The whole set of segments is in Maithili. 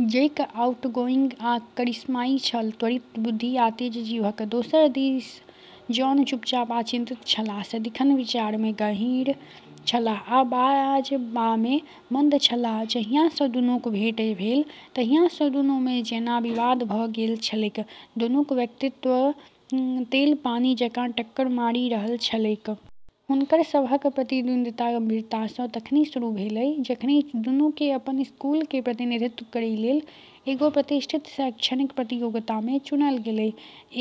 जैक आउटगोइंग आ करिश्माई छल, त्वरित बुद्धि आ तेज जीभक। दोसर दिस जॉन चुपचाप आ चिंतित छलाह, सदिखन विचारमे गहीँर छलाह आ बाजबामे मंद छलाह । जहियासँ दुनूक भेँट भेल तहियासँ दुनूमे जेना विवाद भ' गेल छलैक, दुनूक व्यक्तित्व तेल-पानि जकाँ टक्कर मारि रहल छलैक। हुनकर सबहक प्रतिद्वंद्विता गंभीरतासँ तखनि शुरू भेलै जखनि दुन्नुके अपन स्कूलके प्रतिनिधित्व करै लेल एगो प्रतिष्ठित शैक्षणिक प्रतियोगितामे चुनल गेलै।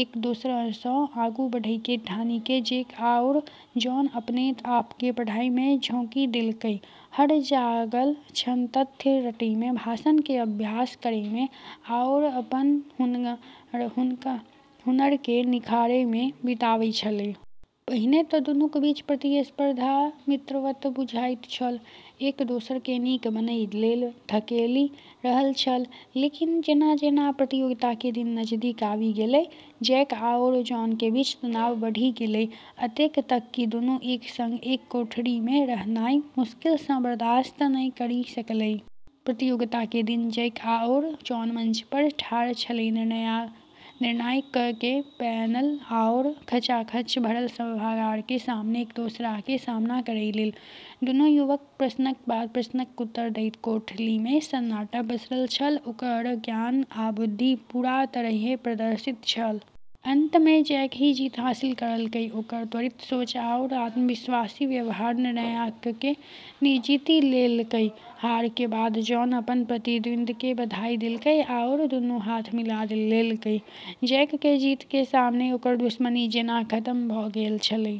एक-दोसरसँ आगू बढ़ैके ठानिके जैक आओर जॉन अपने आपके पढ़ाइमे झोंकि देलकै, हर जागल क्षण तथ्य रटैमे, भाषणके अभ्यास करैमे आओर अपन हुनरके निखारैमे बिताबै छलै। पहिने त' दुन्नूक बीचक प्रतिस्पर्धा मित्रवत बुझाइत छल, एक-दोसरकेँ नीक बनय लेल धकेलि रहल छल। लेकिन जेना-जेना प्रतियोगिताके दिन नजदीक आबि गेलै, जैक आओर जॉनके बीच तनाव बढ़ि गेलै, अतेक तक कि दुन्नू एक सङ्ग एक कोठरीमे रहनाइ मुश्किलसँ बर्दाश्त नै करि सकलै। प्रतियोगिताके दिन जैक आओर जॉन मंच पर ठार छलै, निर्णायकके पैनल आओर खचाखच भरल सभागारके सामने एक-दूसराके सामना करै लेल । दुन्नू युवक प्रश्नक बाद प्रश्नक उत्तर दैत कोठलीमे सन्नाटा पसरल छल, ओकर ज्ञान आ बुद्धि पूरा तरहेँ प्रदर्शित छल। अंतमे जैक ही जीत हासिल करलकै, ओकर त्वरित सोच आओर आत्मविश्वासी व्यवहार निर्णायकके जीति लेलकै। हारके बाद जॉन अपन प्रतिद्वंदीके बधाई देलकै आओर दुन्नू हाथ मिला लेलकै, जैकके जीतके सामने ओकर दुश्मनी जेना खतम भ' गेल छलै।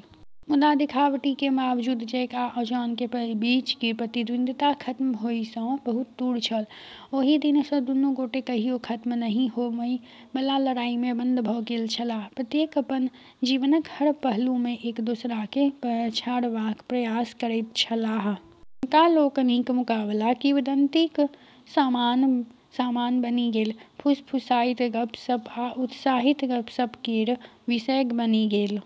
मुदा देखाबटीके बावजूद जैक आ जॉनके बीचके प्रतिद्वंद्विता खत्म होबयसँ बहुत दूर छल । ओहि दिनसँ दुन्नू गोटे कहियो खत्म नहि होमय बला लड़ाईमे बंद भ' गेल छलाह, प्रत्येक अपन जीवनक हर पहलूमे एक दोसराकेँ पछाड़बाक प्रयास करैत छलाह । हुनका लोकनिक मुकाबला किंवदंतीक सामान बनि गेल, फुसफुसाइत गप्प-सप्प आ उत्साहित गपशप केर विषय बनि गेल।